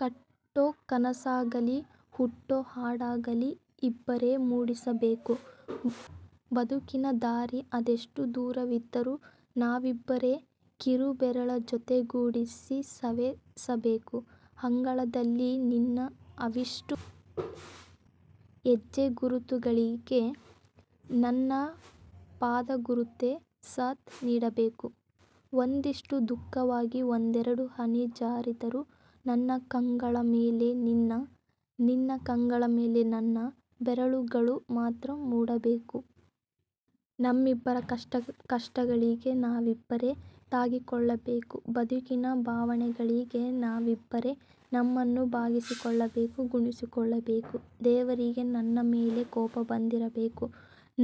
ಕಟ್ಟೋ ಕನಸಾಗಲಿ ಹುಟ್ಟೋ ಹಾಡಾಗಲಿ ಇಬ್ಬರೇ ಮೂಡಿಸಬೇಕು. ಬದುಕಿನ ದಾರಿ ಅದೆಷ್ಟು ದೂರವಿದ್ದರೂ ನಾವಿಬ್ಬರೇ ಕಿರುಬೆರಳ ಜೊತೆಗೂಡಿಸಿ ಸವೆಸಬೇಕು. ಅಂಗಳದಲಿ ನಿನ್ನ ಅವಿಷ್ಟೂ ಹೆಜ್ಜೆಗುರುತುಗಳಿಗೆ ನನ್ನ ಪಾದಗುರುತೇ ಸಾಥ್ ನೀಡಬೇಕು. ಒಂದಿಷ್ಟು ದುಃಖವಾಗಿ ಒಂದೆರಡು ಹನಿ ಜಾರಿದರೂ ನನ್ನ ಕಂಗಳ ಮೇಲೆ ನಿನ್ನ, ನಿನ್ನ ಕಂಗಳ ಮೇಲೆ ನನ್ನ ಬೆರಳುಗಳು ಮಾತ್ರ ಮೂಡಬೇಕು. ನಮ್ಮಿಬ್ಬರ ಕಷ್ಟಗಳಿಗೆ ನಾವಿಬ್ಬರೇ ತಾಗಿಕೊಳ್ಳಬೇಕು. ಬದುಕಿನ ಬವಣೆಗಳಿಗೆ ನಾವಿಬ್ಬರೆ ನಮ್ಮನ್ನ ಭಾಗಿಸಿಕೊಳ್ಳಬೇಕು; ಗುಣಿಸಿಕೊಳ್ಳಬೇಕು. ದೇವರಿಗೆ ನನ್ನ ಮೇಲೆ ಕೋಪ ಬಂದಿರಬೇಕು.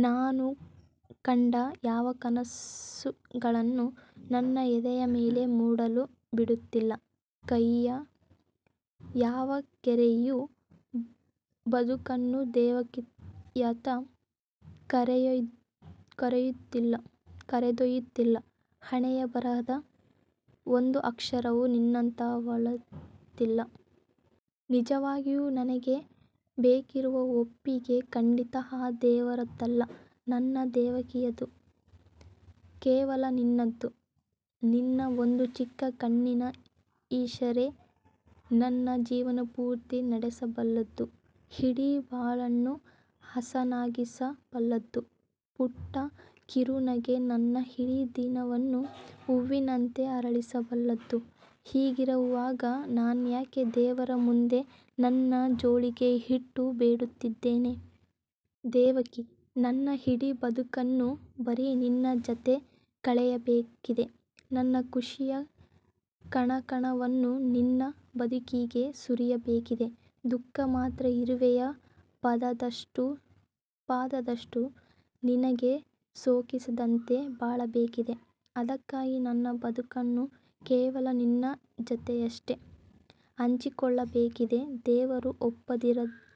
ನಾನು ಕಂಡ ಯಾವ ಕನಸುಗಳನ್ನು ನನ್ನ ಎದೆಯ ಮೇಲೆ ಮೂಡಲು ಬಿಡುತ್ತಿಲ್ಲ. ಕೈಯ್ಯ ಯಾವ ಗೆರೆಯೂ ಬದುಕನ್ನು ದೇವಕಿಯತ್ತ ಕರೆದೊಯ್ಯುತ್ತಿಲ್ಲ. ಹಣೆಯಬರಹದ ಒಂದು ಅಕ್ಷರವೂ ನಿನ್ನತ್ತ ವಾಲುತ್ತಿಲ್ಲ. ನಿಜವಾಗಿಯೂ ನನಗೆ ಬೇಕಿರುವ ಒಪ್ಪಿಗೆ ಖಂಡಿತಾ ಆ ದೇವರದ್ದಲ್ಲ. ನನ್ನ ದೇವಕಿಯದು. ಕೇವಲ ನಿನ್ನದು. ನಿನ್ನ ಒಂದು ಚಿಕ್ಕ ಕಣ್ಣಿನ ಇಷಾರೆ ನನ್ನ ಜೀವನಪೂರ್ತಿ ನಡೆಸಬಲ್ಲುದು, ಇಡೀ ಬಾಳನ್ನು ಹಸನಾಗಿಸಬಲ್ಲದು. ಪುಟ್ಟ ಕಿರುನಗೆ ನನ್ನ ಇಡೀ ದಿನವನ್ನು ಹೂವಿನಂತೆ ಅರಳಿಸಬಲ್ಲುದು. ಹೀಗಿರುವಾಗ ನಾನ್ಯಾಕೆ ದೇವರ ಮುಂದೆ ನನ್ನ ಜೋಳಿಗೆ ಇಟ್ಟು ಬೇಡುತ್ತಿದ್ದೇನೆ? ದೇವಕೀ, ನನ್ನ ಇಡೀ ಬದುಕನ್ನು ಬರೀ ನಿನ್ನ ಜತೆ ಕಳೆಯಬೇಕಿದೆ. ನನ್ನ ಖುಷಿಯ ಕಣಕಣವನ್ನೂ ನಿನ್ನ ಬದುಕಿಗೆ ಸುರಿಯಬೇಕಿದೆ, ದುಃಖ ಮಾತ್ರ ಇರುವೆಯ ಪಾದದಷ್ಟೂ ನಿನಗೆ ಸೋಕಿಸದಂತೆ ಬಾಳಬೇಕಿದೆ. ಅದಕ್ಕಾಗಿ ನನ್ನ ಬದುಕನ್ನು ಕೇವಲ ನಿನ್ನ ಜತೆಯಷ್ಟೇ ಹಂಚಿಕೊಳ್ಳಬೇಕಿದೆ. ದೇವರು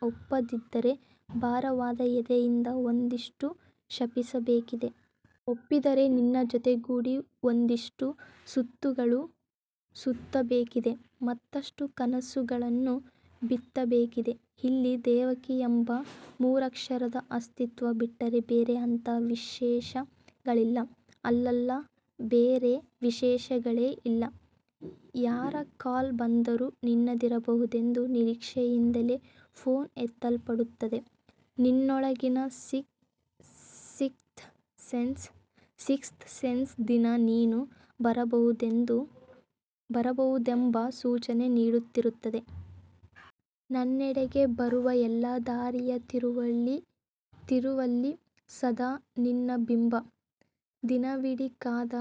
ಒಪ್ಪದಿದ್ದರೇ ಭಾರವಾದ ಎದೆಯಿಂದ ಒಂದಿಷ್ಟು ಶಪಿಸಬೇಕಿದೆ. ಒಪ್ಪಿದರೆ ನಿನ್ನ ಜೊತೆಗೂಡಿ ಒಂದಿಷ್ಟು ಸುತ್ತುಗಳ ಸುತ್ತಬೇಕಿದೆ. ಮತ್ತಷ್ಟು ಕನಸುಗಳನ್ನು ಬಿತ್ತಬೇಕಿದೆ. ಇಲ್ಲಿ ದೇವಕಿ ಎಂಬ ಮೂರಕ್ಷರದ ಅಸ್ತಿತ್ವ ಬಿಟ್ಟರೆ ಬೇರೆ ಅಂಥಾ ವಿಶೇಷಗಳಿಲ್ಲ. ಅಲ್ಲಲ್ಲ, ಬೇರೆ ವಿಶೇಷಗಳೇ ಇಲ್ಲ. ಯಾರ ಕಾಲ್ ಬಂದರೂ ನಿನ್ನದಿರಬಹುದೆಂಬ ನಿರೀಕ್ಷೆಯಿಂದಲೇ ಫೋನ್ ಎತ್ತಲ್ಪಡುತ್ತದೆ. ನನ್ನೊಳಗಿನ ಸಿಕ್ತ್ ಸೆನ್ಸ್ ದಿನಾ ನೀನು ಬರಬಹುದೆಂಬ ಸೂಚನೆ ನೀಡುತ್ತಿರುತ್ತದೆ. ನನ್ನೆಡೆಗೆ ಬರುವ ಎಲ್ಲಾ ದಾರಿಯ ತಿರುವಲ್ಲಿ ಸದಾ ನಿನ್ನ ಬಿಂಬ. ದಿನವಿಡೀ ಕಾದ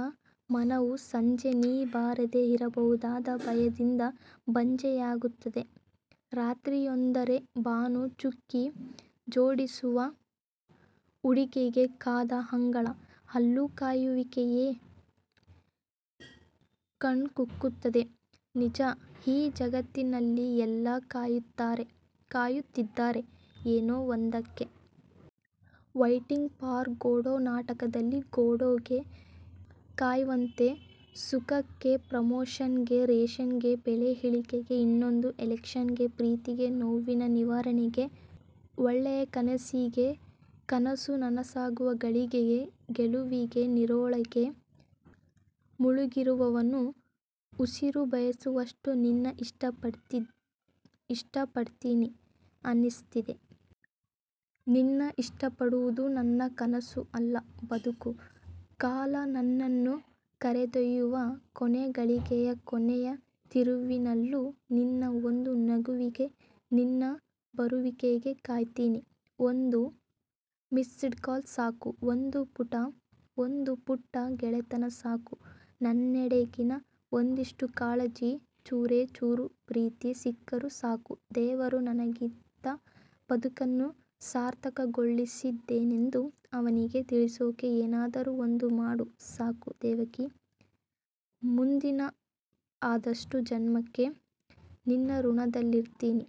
ಮನವು ಸಂಜೆ ನೀ ಬಾರದೇ ಇರಬಹುದಾದ ಭಯದಿಂದ ಬಂಜೆಯಾಗುತ್ತದೆ. ರಾತ್ರಿಯೆಂದರೆ ಬಾನು ಚುಕ್ಕಿ ಜೋಡಿಸುವ ಹುಡುಗಿಗೆ ಕಾದ ಅಂಗಳ. ಅಲ್ಲೂ ಕಾಯುವಿಕೆಯೇ ಕಣ್ಕುಕ್ಕುತ್ತದೆ. ನಿಜ, ಈ ಜಗತ್ತಿನಲ್ಲಿ ಎಲ್ಲಾ ಕಾಯುತ್ತಿದ್ದಾರೆ, ಏನೋ ಒಂದಕ್ಕೆ. ವೈಟಿಂಗ್ ಫಾರ್ ಗೋಡೋ ನಾಟಕದಲ್ಲಿ ಗೋಡೋ ಗೆ ಕಾಯ್ವಂತೆ. ಸುಖಕ್ಕೆ, ಪ್ರಮೋಶನ್ ಗೆ, ರೇಶನ್ ಗೆ, ಬೆಲೆ ಇಳಿಕೆಗೆ, ಇನ್ನೊಂದು ಇಲೆಕ್ಷನ್ ಗೆ, ಪ್ರೀತಿಗೆ, ನೋವಿನ ನಿವಾರಣೆಗೆ, ಒಳ್ಳೆಯ ಕನಸಿಗೆ, ಕನಸು ನನಸಾಗುವ ಘಳಿಗೆಗೆ, ಗೆಲುವಿಗೆ.. ನೀರೊಳಗೆ ಮುಳುಗಿರುವವನು ಉಸಿರು ಬಯಸುವಷ್ಟು ನಿನ್ನ ಇಷ್ಟಪಡ್ತಿದೀನಿ ಅನ್ನಿಸ್ತಿದೆ. ನಿನ್ನ ಇಷ್ಟಪಡುವುದು ನನ್ನ ಕನಸು ಅಲ್ಲ, ಬದುಕು. ಕಾಲ ನನ್ನನು ಕರೆದೊಯ್ಯುವ ಕೊನೆ ಘಳಿಗೆಯ ಕೊನೆಯ ತಿರುವಿನಲ್ಲೂ ನಿನ್ನ ಒಂದು ನಗುವಿಗೆ, ನಿನ್ನ ಬರುವಿಕೆಗೆ ಕಾಯ್ತೀನಿ. ಒಂದು ಮಿಸ್ಡ್ ಕಾಲ್ ಸಾಕು. ಒಂದು ಪುಟ್ಟ ಗೆಳೆತನ ಸಾಕು. ನನ್ನೆಡೆಗಿನ ಒಂದಿಷ್ಟು ಕಾಳಜಿ, ಚೂರೇ ಚೂರು ಪ್ರೀತಿ ಸಿಕ್ಕರೂ ಸಾಕು, ದೇವರು ನನಗಿತ್ತ ಬದುಕನ್ನು ಸಾರ್ಥಕಗೊಳಿಸಿದ್ದೇನೆಂದು ಅವನಿಗೆ ತಿಳಿಸೋಕೆ ಏನಾದರೂ ಒಂದು ಮಾಡು ಸಾಕು ದೇವಕಿ. ಮುಂದಿನ ಅದಷ್ಟೂ ಜನ್ಮಕ್ಕೆ ನಿನ್ನ ಋಣದಲ್ಲಿರ್ತೀನಿ.